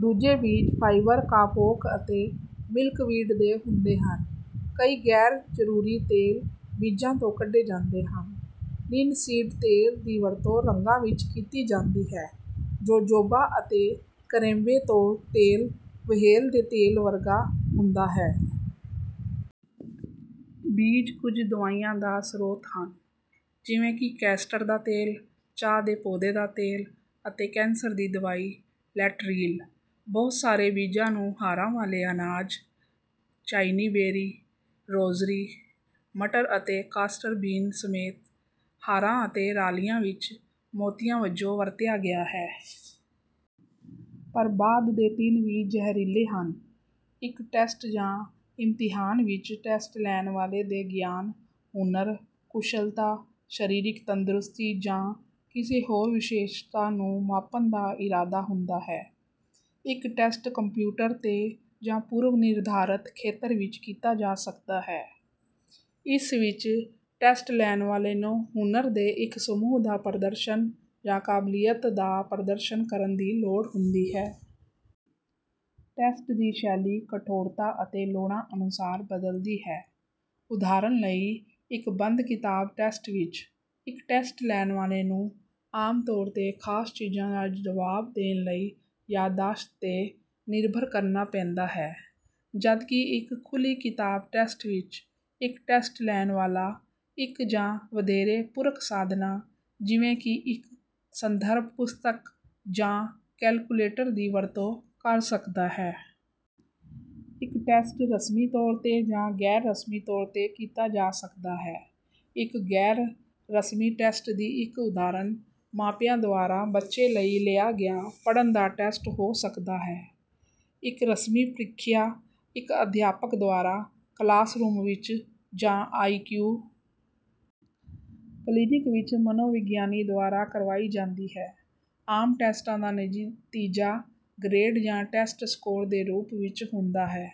ਦੂਜੇ ਬੀਜ fibre kapok ਅਤੇ ਮਿਲਕਵੀਡ ਦੇ ਹੁੰਦੇ ਹਨ। ਕਈ ਗੈਰ-ਜ਼ਰੂਰੀ ਤੇਲ ਬੀਜਾਂ ਤੋਂ ਕੱਢੇ ਜਾਂਦੇ ਹਨ। ਲਿਨਸੀਡ ਤੇਲ ਦੀ ਵਰਤੋਂ ਰੰਗਾਂ ਵਿੱਚ ਕੀਤੀ ਜਾਂਦੀ ਹੈ। ਜੋਜੋਬਾ ਅਤੇ ਕਰੈਂਬੇ ਤੋਂ ਤੇਲ ਵ੍ਹੇਲ ਦੇ ਤੇਲ ਵਰਗਾ ਹੁੰਦਾ ਹੈ। ਬੀਜ ਕੁਝ ਦਵਾਈਆਂ ਦਾ ਸਰੋਤ ਹਨ, ਜਿਵੇਂ ਕਿ ਕੈਸਟਰ ਦਾ ਤੇਲ, ਚਾਹ ਦੇ ਪੌਦੇ ਦਾ ਤੇਲ ਅਤੇ ਕੈਂਸਰ ਦੀ ਦਵਾਈ ਲੈਟ੍ਰੀਲ। ਬਹੁਤ ਸਾਰੇ ਬੀਜਾਂ ਨੂੰ ਹਾਰਾਂ ਵਾਲੇ ਅਨਾਜ, ਚਾਈਨੀਬੇਰੀ, ਰੋਜ਼ਰੀ ਮਟਰ ਅਤੇ ਕਾਸਟਰ ਬੀਨ ਸਮੇਤ ਹਾਰਾਂ ਅਤੇ ਰਾਲੀਆਂ ਵਿੱਚ ਮੋਤੀਆਂ ਵਜੋਂ ਵਰਤਿਆ ਗਿਆ ਹੈ। ਪਰ, ਬਾਅਦ ਦੇ ਤਿੰਨ ਵੀ ਜ਼ਹਿਰੀਲੇ ਹਨ। ਇੱਕ ਟੈਸਟ ਜਾਂ ਇਮਤਿਹਾਨ ਵਿੱਚ ਟੈਸਟ-ਲੈਣ ਵਾਲੇ ਦੇ ਗਿਆਨ, ਹੁਨਰ, ਕੁਸ਼ਲਤਾ, ਸਰੀਰਕ ਤੰਦਰੁਸਤੀ ਜਾਂ ਕਿਸੇ ਹੋਰ ਵਿਸ਼ੇਸ਼ਤਾ ਨੂੰ ਮਾਪਣ ਦਾ ਇਰਾਦਾ ਹੁੰਦਾ ਹੈ। ਇੱਕ ਟੈਸਟ ਕੰਪਿਊਟਰ ’ਤੇ ਜਾਂ ਪੂਰਵ-ਨਿਰਧਾਰਤ ਖੇਤਰ ਵਿੱਚ ਕੀਤਾ ਜਾ ਸਕਦਾ ਹੈ, ਜਿਸ ਵਿੱਚ ਟੈਸਟ-ਲੈਣ ਵਾਲੇ ਨੂੰ ਹੁਨਰ ਦੇ ਇੱਕ ਸਮੂਹ ਦਾ ਪ੍ਰਦਰਸ਼ਨ ਜਾਂ ਕਾਬਲੀਅਤ ਦਾ ਪ੍ਰਦਰਸ਼ਨ ਕਰਨ ਦੀ ਲੋੜ ਹੁੰਦੀ ਹੈ। ਟੈਸਟ ਦੀ ਸ਼ੈਲੀ, ਕਠੋਰਤਾ ਅਤੇ ਲੋੜਾਂ ਅਨੁਸਾਰ ਬਦਲਦੀ ਹੈ। ਉਦਾਹਰਨ ਲਈ, ਇੱਕ ਬੰਦ-ਕਿਤਾਬ ਟੈਸਟ ਵਿੱਚ, ਇੱਕ ਟੈਸਟ-ਲੈਣ ਵਾਲੇ ਨੂੰ ਆਮ ਤੌਰ ’ਤੇ ਖਾਸ ਚੀਜ਼ਾਂ ਦਾ ਜਵਾਬ ਦੇਣ ਲਈ ਯਾਦਦਾਸ਼ਤ ’ਤੇ ਨਿਰਭਰ ਕਰਨਾ ਪੈਂਦਾ ਹੈ, ਜਦਕਿ ਇੱਕ ਖੁੱਲ੍ਹੀ-ਕਿਤਾਬ ਟੈਸਟ ਵਿੱਚ, ਇੱਕ ਟੈਸਟ-ਲੈਣ ਵਾਲਾ ਇੱਕ ਜਾਂ ਵਧੇਰੇ ਪੂਰਕ ਸਾਧਨਾਂ, ਜਿਵੇਂ ਕਿ ਇੱਕ ਸੰਦਰਭ ਪੁਸਤਕ ਜਾਂ ਕੈਲਕੁਲੇਟਰ, ਦੀ ਵਰਤੋਂ ਕਰ ਸਕਦਾ ਹੈ। ਇੱਕ ਟੈਸਟ ਰਸਮੀ ਤੌਰ ’ਤੇ ਜਾਂ ਗੈਰ-ਰਸਮੀ ਤੌਰ ’ਤੇ ਕੀਤਾ ਜਾ ਸਕਦਾ ਹੈ। ਇੱਕ ਗੈਰ-ਰਸਮੀ ਟੈਸਟ ਦੀ ਇੱਕ ਉਦਾਹਰਨ ਮਾਪਿਆਂ ਦੁਆਰਾ ਬੱਚੇ ਲਈ ਲਿਆ ਗਿਆ ਪੜ੍ਹਨ ਦਾ ਟੈਸਟ ਹੋ ਸਕਦਾ ਹੈ। ਇੱਕ ਰਸਮੀ ਪ੍ਰੀਖਿਆ ਇੱਕ ਅਧਿਆਪਕ ਦੁਆਰਾ ਕਲਾਸਰੂਮ ਵਿੱਚ ਜਾਂ ਆਈ.ਕਿਊ. ਕਲੀਨਿਕ ਵਿੱਚ ਮਨੋਵਿਗਿਆਨੀ ਦੁਆਰਾ ਕਰਵਾਈ ਜਾਂਦੀ ਹੈ। ਆਮ ਟੈਸਟਾਂ ਦਾ ਨਤੀਜਾ ਗ੍ਰੇਡ ਜਾਂ ਟੈਸਟ ਸਕੋਰ ਦੇ ਰੂਪ ਵਿੱਚ ਹੁੰਦਾ ਹੈ।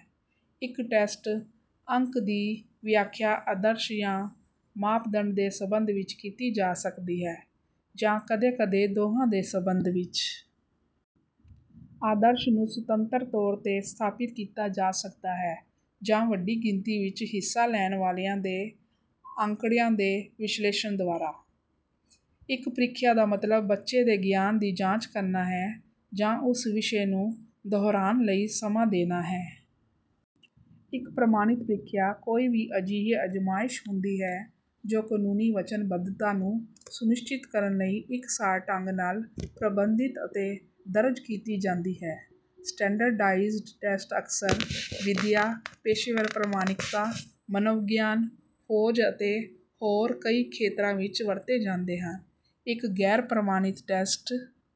ਇੱਕ ਟੈਸਟ ਅੰਕ ਦੀ ਵਿਆਖਿਆ ਆਦਰਸ਼ ਜਾਂ ਮਾਪਦੰਡ ਦੇ ਸਬੰਧ ਵਿੱਚ ਕੀਤੀ ਜਾ ਸਕਦੀ ਹੈ, ਜਾਂ ਕਦੇ-ਕਦੇ ਦੋਹਾਂ ਦੇ ਸਬੰਧ ਵਿੱਚ। ਆਦਰਸ਼ ਨੂੰ ਸੁਤੰਤਰ ਤੌਰ ’ਤੇ ਸਥਾਪਿਤ ਕੀਤਾ ਜਾ ਸਕਦਾ ਹੈ, ਜਾਂ ਵੱਡੀ ਗਿਣਤੀ ਵਿੱਚ ਹਿੱਸਾ ਲੈਣ ਵਾਲਿਆਂ ਦੇ ਅੰਕੜਿਆਂ ਦੇ ਵਿਸ਼ਲੇਸ਼ਣ ਦੁਆਰਾ। ਇੱਕ ਪ੍ਰੀਖਿਆ ਦਾ ਮਤਲਬ ਬੱਚੇ ਦੇ ਗਿਆਨ ਦੀ ਜਾਂਚ ਕਰਨਾ ਹੈ ਜਾਂ ਉਸ ਵਿਸ਼ੇ ਨੂੰ ਦੁਹਰਾਉਣ ਲਈ ਸਮਾਂ ਦੇਣਾ ਹੈ। ਇੱਕ ਪ੍ਰਮਾਣਿਤ ਪ੍ਰੀਖਿਆ ਕੋਈ ਵੀ ਅਜਿਹੀ ਅਜ਼ਮਾਇਸ਼ ਹੁੰਦੀ ਹੈ ਜੋ ਕਾਨੂੰਨੀ ਵਚਨਬੱਧਤਾ ਨੂੰ ਸੁਨਿਸ਼ਚਿਤ ਕਰਨ ਲਈ ਇਕਸਾਰ ਢੰਗ ਨਾਲ ਪ੍ਰਬੰਧਿਤ ਅਤੇ ਦਰਜ ਕੀਤੀ ਜਾਂਦੀ ਹੈ। ਸਟੈਂਡਰਡਾਈਜ਼ਡ ਟੈਸਟ ਅਕਸਰ ਵਿਦਿਆ, ਪੇਸ਼ੇਵਰ ਪ੍ਰਮਾਣਿਕਤਾ, ਮਨੋਵਿਗਿਆਨ, ਫੌਜ ਅਤੇ ਹੋਰ ਕਈ ਖੇਤਰਾਂ ਵਿੱਚ ਵਰਤੇ ਜਾਂਦੇ ਹਨ। ਇੱਕ ਗੈਰ-ਪ੍ਰਮਾਣਿਤ ਟੈਸਟ…